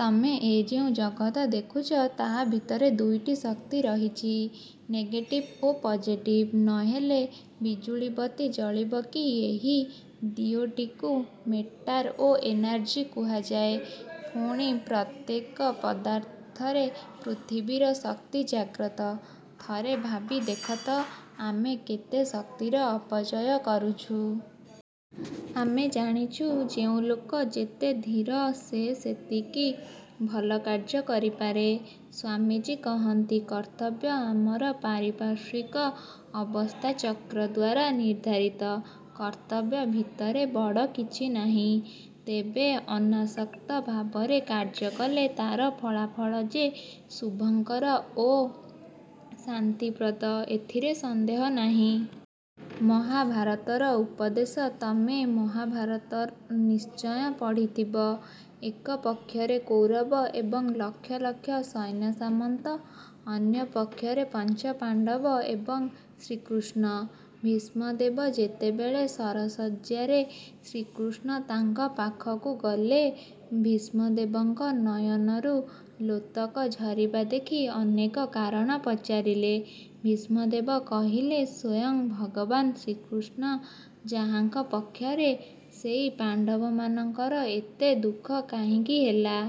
ତମେ ଏ ଯେଉଁ ଜଗତ ଦେଖୁଛ ତା' ଭିତରେ ଦୁଇଟି ଶକ୍ତି ରହିଛି। ନେଗେଟିଭ ଓ ପଜେଟିଭ ନ ହେଲେ ବିଜୁଳିବତୀ ଜଳିବ କି ଏହି ଦିଓଟିକୁ ମେଟାର ଓ ଏନାର୍ଜି କୁହାଯାଏ। ପୁଣି ପ୍ରତ୍ୟେକ ପଦାର୍ଥରେ ପୃଥିବୀର ଶକ୍ତି ଜାଗ୍ରତ। ଥରେ ଭାବି ଦେଖତ ଆମେ କେତେ ଶକ୍ତିର ଅପଚୟ କରୁଛୁଁ-। ଆମେ ଜାଣିଛୁ, ଯେଉଁ ଲୋକ ଯେତେ ଧୀର ସେ ସେତିକି ଭଲକାର୍ଯ୍ୟ କରିପାରେ। ସ୍ୱାମୀଜୀ କହନ୍ତି, କର୍ତ୍ତବ୍ୟ ଆମର ପାରିପାର୍ଶ୍ୱିକ ଅବସ୍ଥାଚକ୍ର ଦ୍ୱାରା ନିର୍ଦ୍ଧାରିତ। କର୍ତ୍ତବ୍ୟ ଭିତରେ ବଡ଼ କିଛି ନାହିଁ। ତେବେ ଅନାସକ୍ତ ଭାବରେ କାର୍ଯ୍ୟ କଲେ ତା'ର ଫଳାଫଳା ଯେ ଶୁଭଙ୍କର ଓ ଶାନ୍ତିପ୍ରଦ, ଏଥିରେ ସନ୍ଦେହ ନାହିଁ। ମହାଭାରତର ଉପଦେଶ ତମେ ମହାଭାରତ ନିଶ୍ଚୟ ପଢ଼ିଥିବ। ଏକ ପକ୍ଷରେ କୌରବ ଏବଂ ଲକ୍ଷ ଲକ୍ଷ ସୈନ୍ୟସାମନ୍ତ, ଅନ୍ୟପକ୍ଷରେ ପଞ୍ଚପାଣ୍ତବ, ଏବଂ ଶ୍ରୀକୃଷ୍ଣ। ଭୀଷ୍ମଦେବ ଯେତେବେଳେ ଶରଶଯ୍ୟାରେ, ଶ୍ରୀକୃଷ୍ଣ ତାଙ୍କ ପାଖକୁ ଗଲେ। ଭୀଷ୍ମଦେବଙ୍କ ନୟନରୁ ଲୋତକ ଝରିବା ଦେଖି ଅନେକେ କାରଣ ପଚାରିଲେ। ଭୀଷ୍ମଦେବ କହିଲେ-ସ୍ୱୟଂ ଭଗବାନ ଶ୍ରୀକୃଷ୍ଣ ଯାହାଙ୍କ ପକ୍ଷରେ, ସେଇ ପାଣ୍ତବମାନଙ୍କର ଏତେ ଦୁଃଖ କାହିଁକି ହେଲା?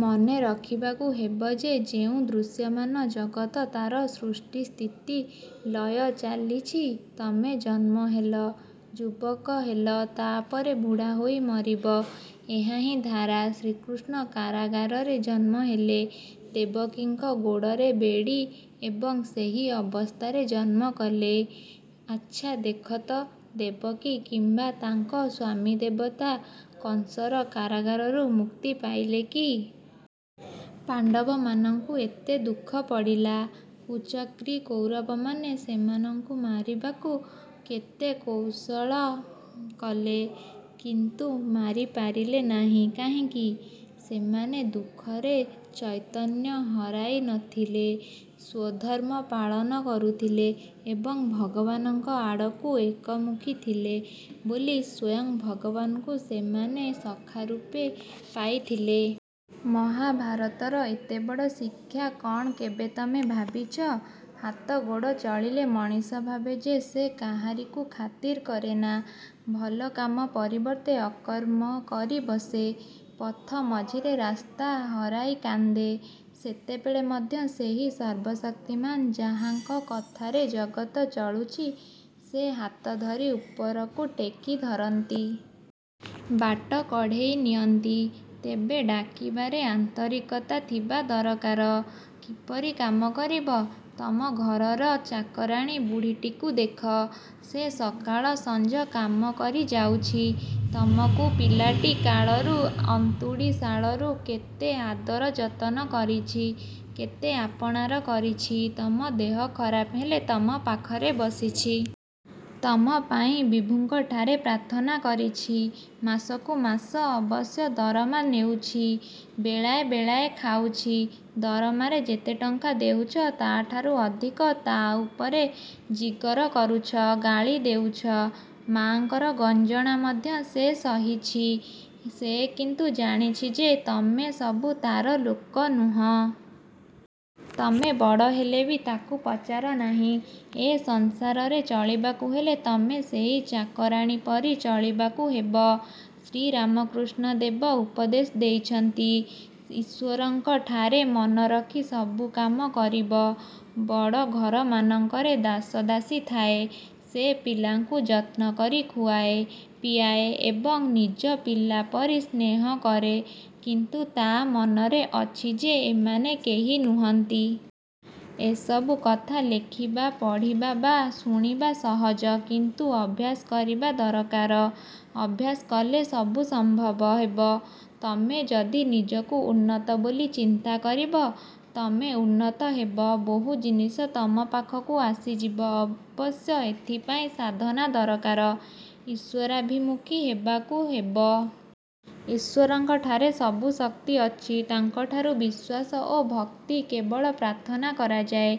ମନେ ରଖିବାକୁ ହେବ ଏ ଯେଉଁ ଦୃଶ୍ୟମାନ ଜଗତ ତାର ସୃଷ୍ଟି-ସ୍ଥିତି-ଲୟ ଚାଲିଛି। ତମେ ଜନ୍ମ ହେଲ, ଯୁବକ ହେଲ ତା'ପରେ ବୁଢ଼ା ହୋଇ ମରିବ। ଏହାହିଁ ଧାରା। ଶ୍ରୀକୃଷ୍ଣ କାରାଗାରରେ ଜନ୍ମ ହେଲେ। ଦେବକୀଙ୍କ ଗୋଡ଼ରେ ବେଢ଼ି ଏବଂ ସେହି ଅବସ୍ଥାରେ ଜନ୍ମକଲେ। ଆଚ୍ଛା ଦେଖତ ଦେବକୀ କିମ୍ୱା ତାଙ୍କ ସ୍ୱାମୀଦେବତା କଂସର କାରାଗାରରୁ ମୁକ୍ତି ପାଇଲେ କି? ପାଣ୍ତବମାନଙ୍କୁ ଏତେ ଦୁଃଖ ପଡ଼ିଲା। କୁଚକ୍ରୀ କୌରବମାନେ ସେମାନଙ୍କୁ ମାରିବାକୁ କେତେ କୌଶଳ କଲେ କିନ୍ତୁ ମାରି ପାରିଲେ ନାହିଁ କାହିଁକି? ସେମାନେ ଦୁଃଖରେ ଚୈତନ୍ୟ ହରାଇ ନ ଥିଲେ। ସ୍ୱଧର୍ମ ପାଳନ କରୁଥିଲେ ଏବଂ ଭଗବାନଙ୍କ ଆଡ଼କୁ ଏକମୁଖୀ ଥିଲେ ବୋଲି ସ୍ୱୟଂ ଭଗବାନଙ୍କୁ ସେମାନେ ସଖା ରୂପେ ପାଇଥିଲେ। ମହାଭାରତର ଏତେବଡ଼ ଶିକ୍ଷା କ'ଣ କେବେ ତମେ ଭାବିଛ? ହାତ-ଗୋଡ଼ ଚଳିଲେ ମଣିଷଭାବେ ଯେ ସେ କାହାରିକୁ ଖାତିର କରେନା। ଭଲକାମ ପରିବର୍ତ୍ତେ ଅକର୍ମ କରି ବସେ। ପଥ ମଝିରେ ରାସ୍ତା ହରାଇ କାନ୍ଦେ। ସେତେବେଳେ ମଧ୍ୟ ସେହି ସର୍ବଶକ୍ତିମାନ ଯାହାଙ୍କ କଥାରେ ଜଗତ ଚଳୁଛି ସେ ହାତ ଧରି ଉପରକୁ ଟେକି ଧରନ୍ତି। ବାଟ କଢ଼େଇ ନିଅନ୍ତି। ତେବେ ଡାକିବାରେ ଆନ୍ତରିକତା ଥିବା ଦରକାର। କିପରି କାମ କରିବ? ତମ ଘରର ଚାକରାଣୀ ବୁଢ଼ୀଟିକୁ ଦେଖ। ସେ ସକାଳ ସଞ୍ଜ କାମ କରିଯାଉଛି। ତମକୁ ପିଲାଟି କାଳରୁ ଅନ୍ତୁଡ଼ିଶାଳରୁ କେତେ ଆଦର ଯତନ କରିଛି। କେତେ ଆପଣାର କରିଛି। ତମ ଦେହ ଖରାପ ହେଲେ ତମ ପାଖରେ ବସିଛି। ତମ ପାଇଁ ବିଭୁଙ୍କଠାରେ ପ୍ରାର୍ଥନା କରିଛି। ମାସକୁ ମାସ ଅବଶ୍ୟ ଦରମା ନେଉଛି। ବେଳାଏ ବେଳାଏ ଖାଉଛି। ଦରମାରେ ଯେତେ ଟଙ୍କା ଦେଉଛ, ତା'ଠାରୁ ଅଧିକ ତା' ଉପରେ ଜିଗର କରୁଛ। ଗାଳି ଦେଉଛ। ମା'ଙ୍କର ଗଞ୍ଜଣା ମଧ୍ୟ ସେ ସହିଛି। ସେ କିନ୍ତୁ ଜାଣିଛି ଯେ ତମେ ସବୁ ତାର ଲୋକ ନୁହଁ। ତମେ ବଡ଼ ହେଲେବି ତାକୁ ପଚାର ନାହିଁ। ଏ ସଂସାରରେ ଚଳିବାକୁ ହେଲେ ତମେ ସେଇ ଚାକରାଣୀ ପରି ଚଳିବାକୁ ହେବ। ଶ୍ରୀରାମକୃଷ୍ଣ ଦେବ ଉପଦେଶ ଦେଇଛନ୍ତି, ଈଶ୍ୱରଙ୍କଠାରେ ମନ ରଖି ସବୁକାମ କରିବ-। ବଡ଼ଘରମାନଙ୍କରେ ଦାସ-ଦାସୀ ଥାଏ। ସେ ପିଲାଙ୍କୁ ଯତ୍ନକରି ଖୁଆଏ, ପିଆଏ ଏବଂ ନିଜ ପିଲାପରି ସ୍ନେହ କରେ କିନ୍ତୁ ତା' ମନରେ ଅଛି ଯେ ଏମାନେ କେହି ନୁହନ୍ତି। ଏ ସବୁ କଥା ଲେଖିବା, ପଢ଼ିବା ବା ଶୁଣିବା ସହଜ କିନ୍ତୁ ଅଭ୍ୟାସ କରିବା ଦରକାର। ଅଭ୍ୟାସ କଲେ ସବୁ ସମ୍ଭବ ହେବ। ତମେ ଯଦି ନିଜକୁ ଉନ୍ନତ ବୋଲି ଚିନ୍ତା କରିବ, ତମେ ଉନ୍ନତ ହେବ। ବହୁ ଜିନିଷ ତମ ପାଖକୁ ଆସିଯିବ। ଅବଶ୍ୟ ଏଥିପାଇଁ ସାଧନା ଦରକାର-ଈଶ୍ୱରାଭିମୁଖୀ ହେବାକୁ ହେବ। ଈଶ୍ୱରଙ୍କଠାରେ ସବୁ ଶକ୍ତି ଅଛି। ତାଙ୍କଠାରୁ ବିଶ୍ୱାସ ଓ ଭକ୍ତି କେବଳ ପ୍ରାର୍ଥନା କରାଯାଏ।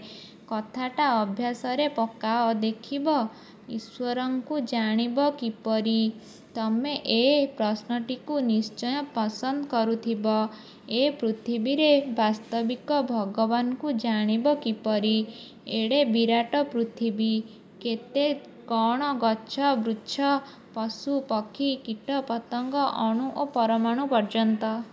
କଥାଟା ଅଭ୍ୟାସରେ ପକାଅ ଦେଖିବ! ଈଶ୍ୱରଙ୍କୁ ଜାଣିବ କିପରି? ତମେ ଏ ପ୍ରଶ୍ନଟିକୁ ନିଶ୍ଚୟ ପସନ୍ଦ କରୁଥିବ। ଏ ପୃଥିବୀରେ ବାସ୍ତବିକ ଭଗବାନଙ୍କୁ ଜାଣିବ କିପରି? ଏଡ଼େ ବିରାଟ ପୃଥିବୀ। କେତେ କଣ ଗଛ-ବୃଚ୍ଛ, ପଶୁ-ପକ୍ଷୀ, କୀଟ-ପତଙ୍ଗ ଅଣୁ ଓ ପରମାଣୁ ପର୍ଯ୍ୟନ୍ତ।